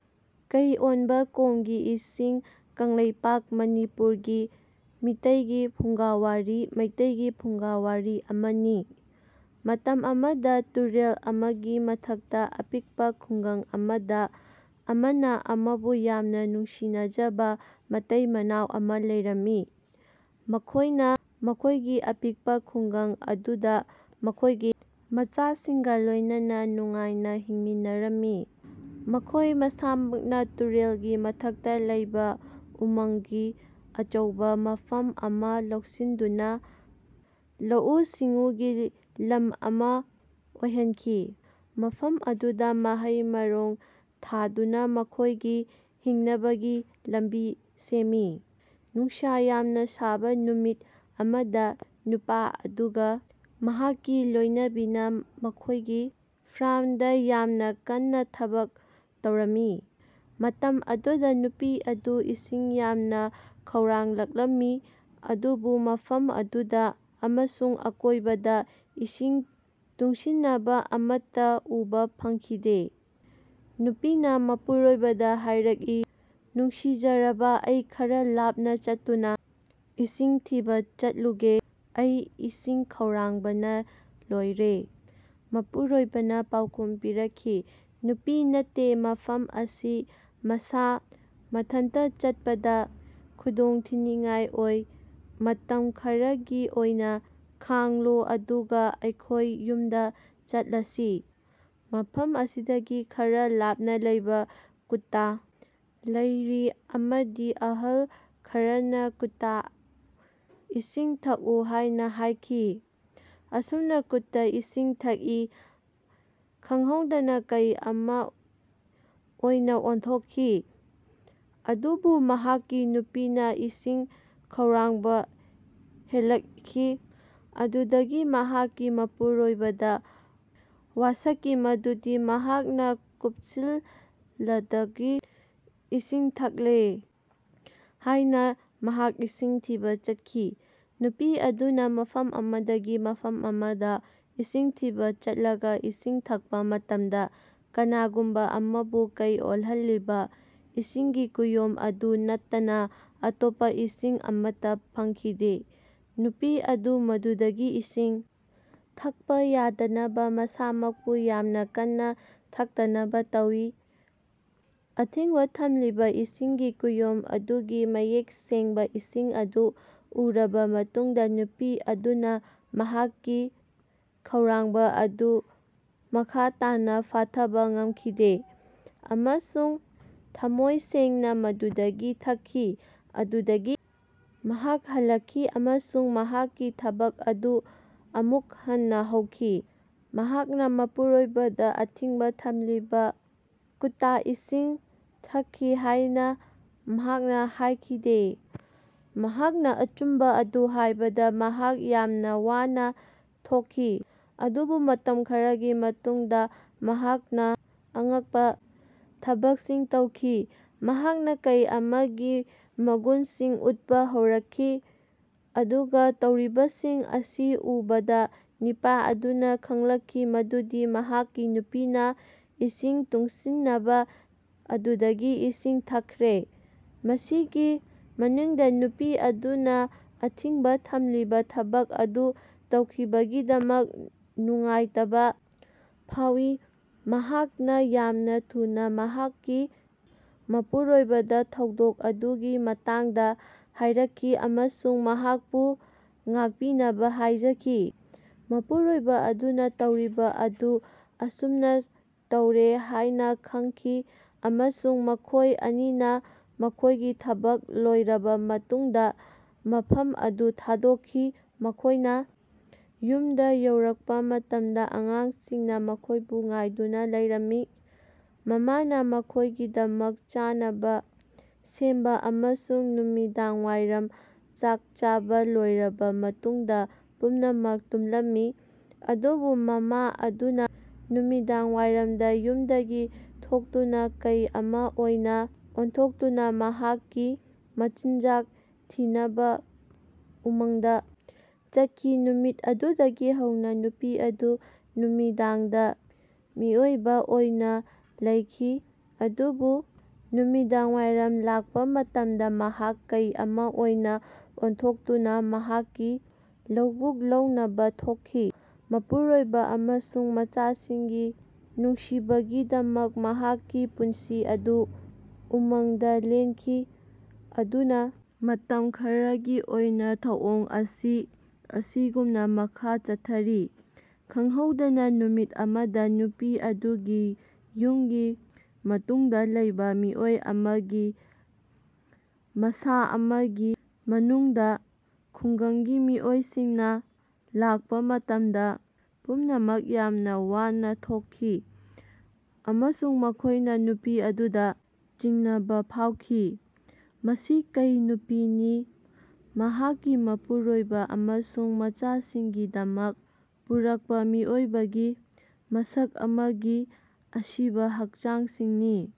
ꯀꯩ ꯑꯣꯟꯕ ꯀꯣꯝꯒꯤ ꯏꯁꯤꯡ ꯀꯪꯂꯩꯄꯥꯛ (ꯃꯅꯤꯄꯨꯔ) ꯒꯤ ꯃꯤꯇꯩꯒꯤ ꯐꯨꯡꯒꯥꯋꯥꯔꯤ (ꯃꯩꯇꯩꯒꯤ ꯐꯨꯡꯒꯥꯋꯥꯔꯤ) ꯑꯃꯅꯤ꯫ ꯃꯇꯝ ꯑꯃꯗꯥ ꯇꯨꯔꯦꯜ ꯑꯃꯒꯤ ꯃꯊꯛꯇ ꯑꯄꯤꯛꯄꯥ ꯈꯨꯡꯒꯪ ꯑꯃꯗ ꯑꯃꯅ ꯑꯃꯕꯨ ꯌꯥꯝꯅ ꯅꯨꯡꯁꯤꯖꯕ ꯃꯇꯩꯃꯅꯥꯎ ꯑꯃ ꯂꯩꯔꯝꯃꯤ꯫ ꯃꯈꯣꯏꯅ ꯃꯈꯣꯏꯒꯤ ꯑꯄꯤꯛꯄꯥ ꯈꯨꯡꯒꯪ ꯑꯗꯨꯗ ꯃꯈꯣꯏꯒꯤ ꯃꯆꯥꯁꯤꯡꯒ ꯂꯣꯏꯅꯅ ꯅꯨꯡꯉꯥꯏꯅ ꯍꯤꯡꯃꯤꯟꯅꯔꯝꯃꯤ꯫ ꯃꯈꯣꯏ ꯃꯁꯥꯃꯛꯅ ꯇꯨꯔꯦꯜꯒꯤ ꯃꯊꯛꯇ ꯂꯩꯕ ꯎꯃꯪꯒꯤ ꯑꯆꯧꯕ ꯃꯐꯝ ꯑꯃ ꯂꯧꯁꯤꯟꯗꯨꯅꯥ ꯂꯧꯎ-ꯁꯤꯡꯎꯒꯤ ꯂꯝ ꯑꯃ ꯑꯣꯏꯍꯟꯈꯤ꯫ ꯃꯐꯝ ꯑꯗꯨꯗ ꯃꯍꯩ-ꯃꯔꯣꯡ ꯊꯥꯗꯨꯅ ꯃꯈꯣꯏꯒꯤ ꯍꯤꯡꯅꯕꯒꯤ ꯂꯝꯕꯤ ꯁꯦꯝꯃꯤ꯫ ꯅꯨꯡꯁꯥ ꯌꯥꯝꯅ ꯁꯥꯕ ꯅꯨꯃꯤꯠ ꯑꯃꯗ ꯅꯨꯄꯥ ꯑꯗꯨꯒ ꯃꯍꯥꯛꯀꯤ ꯂꯣꯏꯅꯕꯤꯅ ꯃꯈꯣꯏꯒꯤ ꯐꯥꯔ꯭ꯝꯗ ꯌꯥꯝꯅ ꯀꯟꯅ ꯊꯕꯛ ꯇꯧꯔꯝꯃꯤ꯫ ꯃꯇꯝ ꯑꯗꯨꯗ ꯅꯨꯄꯤ ꯑꯗꯨ ꯏꯁꯤꯡ ꯌꯥꯝꯅ ꯈꯧꯔꯥꯡꯂꯝꯃꯤ ꯑꯗꯨꯕꯨ ꯃꯐꯝ ꯑꯗꯨꯗ ꯑꯃꯁꯨꯡ ꯑꯀꯣꯏꯕꯗ ꯏꯁꯤꯡ ꯇꯨꯡꯁꯤꯅꯕꯥ ꯑꯃꯠꯇ ꯎꯕ ꯐꯪꯈꯤꯗꯦ꯫ ꯅꯨꯄꯤꯅ ꯃꯄꯨꯔꯣꯏꯕꯗ ꯍꯥꯌꯔꯛꯏ, "ꯅꯨꯡꯁꯤꯖꯔꯕ, ꯑꯩ ꯈꯔ ꯂꯥꯞꯅ ꯆꯠꯇꯨꯅ ꯏꯁꯤꯡ ꯊꯤꯕꯥ ꯆꯠꯂꯨꯒꯦ꯫ ꯑꯩ ꯏꯁꯤꯡ ꯈꯧꯔꯥꯡꯕꯅ ꯂꯣꯏꯔꯦ"꯫ ꯃꯄꯨꯔꯣꯏꯕꯅꯥ ꯄꯥꯎꯈꯨꯝ ꯄꯤꯔꯛꯈꯤ, "ꯅꯨꯄꯤ ꯅꯠꯇꯦ, ꯃꯐꯝ ꯑꯁꯤ ꯃꯁꯥ ꯃꯊꯟꯇꯥ ꯆꯠꯄꯗ ꯈꯨꯗꯣꯡꯊꯤꯅꯤꯡꯉꯥꯏ ꯑꯣꯏ꯫ ꯃꯇꯝ ꯈꯔꯒꯤ ꯑꯣꯏꯅ ꯈꯥꯡꯂꯣ ꯑꯗꯨꯒ ꯑꯩꯈꯣꯏ ꯌꯨꯝꯗ ꯆꯠꯂꯁꯤ꯫ ꯃꯐꯝ ꯑꯁꯤꯗꯒꯤ ꯈꯔ ꯂꯥꯞꯅ ꯂꯩꯕ ꯀꯨꯠꯇꯥ ꯂꯩꯔꯤ ꯑꯃꯗ ꯑꯍꯜ ꯈꯔꯅ ꯀꯨꯠꯇꯥ ꯏꯁꯤꯡ ꯊꯛꯎ ꯍꯥꯏꯅ ꯍꯥꯏꯈꯤ꯫ ꯑꯁꯨꯝꯅ ꯀꯨꯠꯇꯥ ꯏꯁꯤꯡ ꯊꯛꯢ, ꯈꯪꯍꯧꯗꯅ ꯀꯩ ꯑꯃ ꯑꯣꯏꯅ ꯑꯣꯟꯊꯣꯛꯈꯤ"꯫ ꯑꯗꯨꯕꯨ ꯃꯍꯥꯛꯀꯤ ꯅꯨꯄꯤꯗꯤ ꯏꯁꯤꯡ ꯈꯧꯔꯥꯡꯕ ꯍꯦꯂꯛꯈꯤ ꯑꯗꯨꯗꯒꯤ ꯃꯍꯥꯛꯀꯤ ꯃꯄꯨꯔꯣꯏꯕꯗ ꯋꯥꯁꯛꯈꯤ ꯃꯗꯨꯗꯤ ꯃꯍꯥꯛꯅ ꯀꯨꯞꯁꯤꯜꯂꯗꯒꯤ ꯏꯁꯤꯡ ꯊꯛꯂꯣꯏ ꯍꯥꯢꯅ ꯃꯍꯥꯛ ꯏꯁꯤꯡ ꯊꯤꯕ ꯆꯠꯈꯤ꯫ ꯅꯨꯄꯤ ꯑꯗꯨꯅ ꯃꯐꯝ ꯑꯃꯗꯒꯤ ꯃꯐꯝ ꯑꯃꯗ ꯏꯁꯤꯡ ꯊꯤꯕꯥ ꯆꯠꯂꯒ ꯏꯁꯤꯡ ꯊꯛꯄ ꯃꯇꯝꯗ ꯀꯅꯥꯒꯨꯝꯕ ꯑꯃꯕꯨ ꯀꯩ ꯑꯣꯏꯍꯜꯂꯤꯕ ꯏꯁꯤꯡꯒꯤ ꯀꯨꯌꯣꯝ ꯑꯗꯨ ꯅꯠꯇꯅ ꯑꯇꯣꯞꯄ ꯏꯁꯤꯡ ꯑꯃꯠꯇ ꯐꯪꯈꯤꯗꯦ꯫ ꯅꯨꯄꯤ ꯑꯗꯨꯅ ꯃꯗꯨꯗꯒꯤ ꯏꯁꯤꯡ ꯊꯛꯄ ꯌꯥꯗꯅꯕ ꯃꯁꯥꯃꯛꯄꯨ ꯌꯥꯝꯅ ꯀꯟꯅ ꯊꯛꯇꯅꯕ ꯇꯧꯏ꯫ ꯑꯊꯤꯡꯕ ꯊꯝꯂꯤꯕ ꯏꯁꯤꯡꯒꯤ ꯀꯨꯌꯣꯝ ꯑꯗꯨꯒꯤ ꯃꯌꯦꯛ ꯁꯦꯡꯕꯥ ꯏꯁꯤꯡ ꯑꯗꯨ ꯎꯔꯕ ꯃꯇꯨꯡꯗ ꯅꯨꯄꯤ ꯑꯗꯨꯅ ꯃꯍꯥꯛꯀꯤ ꯈꯧꯔꯥꯡꯕ ꯑꯗꯨ ꯃꯈꯥ ꯇꯥꯅꯥ ꯐꯥꯊꯕ ꯉꯝꯈꯤꯗꯦ꯫ ꯑꯃꯁꯨꯡ ꯊꯝꯃꯣꯏ ꯁꯦꯡꯅ ꯃꯗꯨꯗꯒꯤ ꯊꯛꯈꯤ꯫ ꯑꯗꯨꯗꯒꯤ ꯃꯍꯥꯛ ꯍꯜꯂꯛꯈꯤ ꯑꯃꯁꯨꯡ ꯃꯍꯥꯛꯀꯤ ꯊꯕꯛ ꯑꯗꯨ ꯑꯃꯨꯛ ꯍꯟꯅ ꯍꯧꯈꯤ꯫ ꯃꯍꯥꯛꯅ ꯃꯄꯨꯔꯣꯏꯕꯗ ꯑꯊꯤꯡꯕ ꯊꯝꯂꯤꯕ ꯀꯨꯠꯇꯥ ꯏꯁꯤꯡ ꯊꯛꯈꯤ ꯍꯥꯏꯅ ꯃꯍꯥꯛꯅ ꯍꯥꯏꯈꯤꯗꯦ꯫ ꯃꯍꯥꯛꯅ ꯑꯆꯨꯝꯕ ꯑꯗꯨ ꯍꯥꯏꯕꯗ ꯃꯍꯥꯛ ꯌꯥꯝꯅ ꯋꯥꯅ ꯊꯣꯛꯈꯤ꯫ ꯑꯗꯨꯕꯨ ꯃꯇꯝ ꯈꯔꯒꯤ ꯃꯇꯨꯡꯗ ꯃꯍꯥꯛꯅ ꯑꯉꯛꯄ ꯊꯕꯛꯁꯤꯡ ꯇꯧꯈꯤ꯫ ꯃꯍꯥꯛꯅ ꯀꯩ ꯑꯃꯒꯤ ꯃꯒꯨꯟꯁꯤꯡ ꯎꯠꯄ ꯍꯧꯔꯛꯈꯤ꯫ ꯑꯗꯨꯒ ꯇꯧꯔꯤꯕꯁꯤꯡ ꯑꯁꯤ ꯎꯕꯗ ꯅꯨꯄꯥ ꯑꯗꯨꯅ ꯈꯪꯂꯛꯈꯤ ꯃꯗꯨꯗꯤ ꯃꯍꯥꯛꯀꯤ ꯅꯨꯄꯤꯅ ꯏꯁꯤꯡ ꯇꯨꯡꯁꯤꯅꯕ ꯑꯗꯨꯗꯒꯤ ꯏꯁꯤꯡ ꯊꯛꯈ꯭ꯔꯦ꯫ ꯃꯁꯤꯒꯤ ꯃꯅꯨꯡꯗ ꯅꯨꯄꯤ ꯑꯗꯨꯅ ꯑꯊꯤꯡꯕ ꯊꯝꯂꯤꯕ ꯊꯕꯛ ꯑꯗꯨ ꯇꯧꯈꯤꯕꯒꯤꯗꯃꯛ ꯅꯨꯡꯉꯥꯏꯇꯕ ꯐꯥꯎꯏ꯫ ꯃꯍꯥꯛꯅ ꯌꯥꯝꯅ ꯊꯨꯅ ꯃꯍꯥꯛꯀꯤ ꯃꯄꯨꯔꯣꯏꯕꯗ ꯊꯧꯗꯣꯛ ꯑꯗꯨꯒꯤ ꯃꯇꯥꯡꯗ ꯍꯥꯏꯔꯛꯈꯤ ꯑꯃꯁꯨꯡ ꯃꯍꯥꯛꯄꯨ ꯉꯥꯛꯄꯤꯅꯕ ꯍꯥꯏꯖꯈꯤ꯫ ꯃꯄꯨꯔꯣꯏꯕ ꯑꯗꯨꯅ ꯇꯧꯔꯤꯕ ꯑꯗꯨ ꯑꯁꯨꯝꯅꯥ ꯇꯧꯔꯦ ꯍꯥꯏꯅ ꯈꯪꯈꯤ ꯑꯃꯁꯨꯡ ꯃꯈꯣꯏ ꯑꯅꯤꯅ ꯃꯈꯣꯏꯒꯤ ꯊꯕꯛ ꯂꯣꯏꯔꯕ ꯃꯇꯨꯡꯗ ꯃꯐꯝ ꯑꯗꯨ ꯊꯥꯗꯣꯛꯈꯤ꯫ ꯃꯈꯣꯏꯅ ꯌꯨꯝꯗ ꯌꯧꯔꯛꯄ ꯃꯇꯝꯗ ꯑꯉꯥꯡꯁꯤꯡꯅ ꯃꯈꯣꯏꯕꯨ ꯉꯥꯏꯗꯨꯅ ꯂꯩꯔꯝꯃꯤ꯫ ꯃꯃꯥꯅ ꯃꯈꯣꯏꯒꯤꯗꯃꯛ ꯆꯥꯅꯕ ꯁꯦꯝꯕ ꯑꯃꯁꯨꯡ ꯅꯨꯃꯤꯗꯥꯡꯋꯥꯏꯔꯝ ꯆꯥꯛ ꯆꯥꯕ ꯂꯣꯏꯔꯕ ꯃꯇꯨꯡꯗꯥ ꯄꯨꯝꯅꯃꯛ ꯇꯨꯝꯂꯝꯃꯤ꯫ ꯑꯗꯨꯕꯨ ꯃꯃꯥ ꯑꯗꯨꯅ ꯅꯨꯃꯤꯗꯥꯡꯋꯥꯏꯔꯝꯗ ꯌꯨꯝꯗꯒꯤ ꯊꯣꯔꯛꯇꯨꯅ ꯀꯩ ꯑꯃ ꯑꯣꯏꯅ ꯑꯣꯟꯊꯣꯛꯇꯨꯅ ꯃꯍꯥꯛꯀꯤ ꯃꯆꯤꯟꯖꯥꯛ ꯊꯤꯅꯕ ꯎꯃꯪꯗ ꯆꯠꯈꯤ꯫ ꯅꯨꯃꯤꯠ ꯑꯗꯨꯗꯒꯤ ꯍꯧꯅꯥ ꯅꯨꯄꯤ ꯑꯗꯨ ꯅꯨꯃꯤꯗꯥꯡꯗ ꯃꯤꯑꯣꯏꯕ ꯑꯣꯏꯅ ꯂꯩꯈꯤ ꯑꯗꯨꯕꯨ ꯅꯨꯃꯤꯗꯥꯡꯋꯥꯏꯔꯝ ꯂꯥꯛꯄ ꯃꯇꯝꯗ ꯃꯍꯥꯛ ꯀꯩ ꯑꯃ ꯑꯣꯏꯅ ꯑꯣꯟꯊꯣꯛꯇꯨꯅ ꯃꯍꯥꯛꯀꯤ ꯂꯧꯕꯨꯛ ꯂꯧꯅꯕ ꯊꯣꯛꯈꯤ꯫ ꯃꯄꯨꯔꯣꯏꯕ ꯑꯃꯁꯨꯡ ꯃꯆꯥꯁꯤꯡꯒꯤ ꯅꯨꯡꯁꯤꯕꯒꯤꯗꯃꯛ ꯃꯍꯥꯛꯀꯤ ꯄꯨꯟꯁꯤ ꯑꯗꯨ ꯎꯃꯪꯗ ꯂꯦꯟꯈꯤ꯫ ꯑꯗꯨꯅ ꯃꯇꯝ ꯈꯔꯒꯤ ꯑꯣꯏꯅ ꯊꯧꯑꯣꯡ ꯑꯁꯤ ꯑꯁꯤꯒꯨꯝꯅ ꯃꯈꯥ ꯆꯠꯊꯔꯤ꯫ ꯈꯪꯍꯧꯗꯅ ꯅꯨꯃꯤꯠ ꯑꯃꯗ ꯅꯨꯄꯤ ꯑꯗꯨꯒꯤ ꯌꯨꯝꯒꯤ ꯃꯇꯨꯡꯗ ꯂꯩꯕ ꯃꯤꯑꯣꯏ ꯑꯃꯒꯤ ꯃꯁꯥ ꯑꯃꯒꯤ ꯃꯅꯨꯡꯗ ꯈꯨꯡꯒꯪꯒꯤ ꯃꯤꯑꯣꯏꯁꯤꯡꯅ ꯂꯥꯛꯄ ꯃꯇꯝꯗ ꯄꯨꯝꯅꯃꯛ ꯌꯥꯝꯅ ꯋꯥꯅ ꯊꯣꯛꯈꯤ ꯑꯃꯁꯨꯡ ꯃꯈꯣꯏꯅ ꯅꯨꯄꯤ ꯑꯗꯨꯗ ꯆꯤꯡꯅꯕ ꯐꯥꯎꯈꯤ꯫ ꯃꯁꯤ ꯀꯩ - ꯅꯨꯄꯤꯅꯤ ꯃꯍꯥꯛꯀꯤ ꯃꯄꯨꯔꯣꯏꯕ ꯑꯃꯁꯨꯡ ꯃꯆꯥꯁꯤꯡꯒꯤꯗꯃꯛ ꯄꯨꯔꯛꯄ ꯃꯤꯑꯣꯏꯕꯒꯤ ꯃꯁꯛ ꯑꯃꯒꯤ ꯑꯁꯤꯕꯥ ꯍꯛꯆꯥꯡꯁꯤꯡꯅꯤ꯫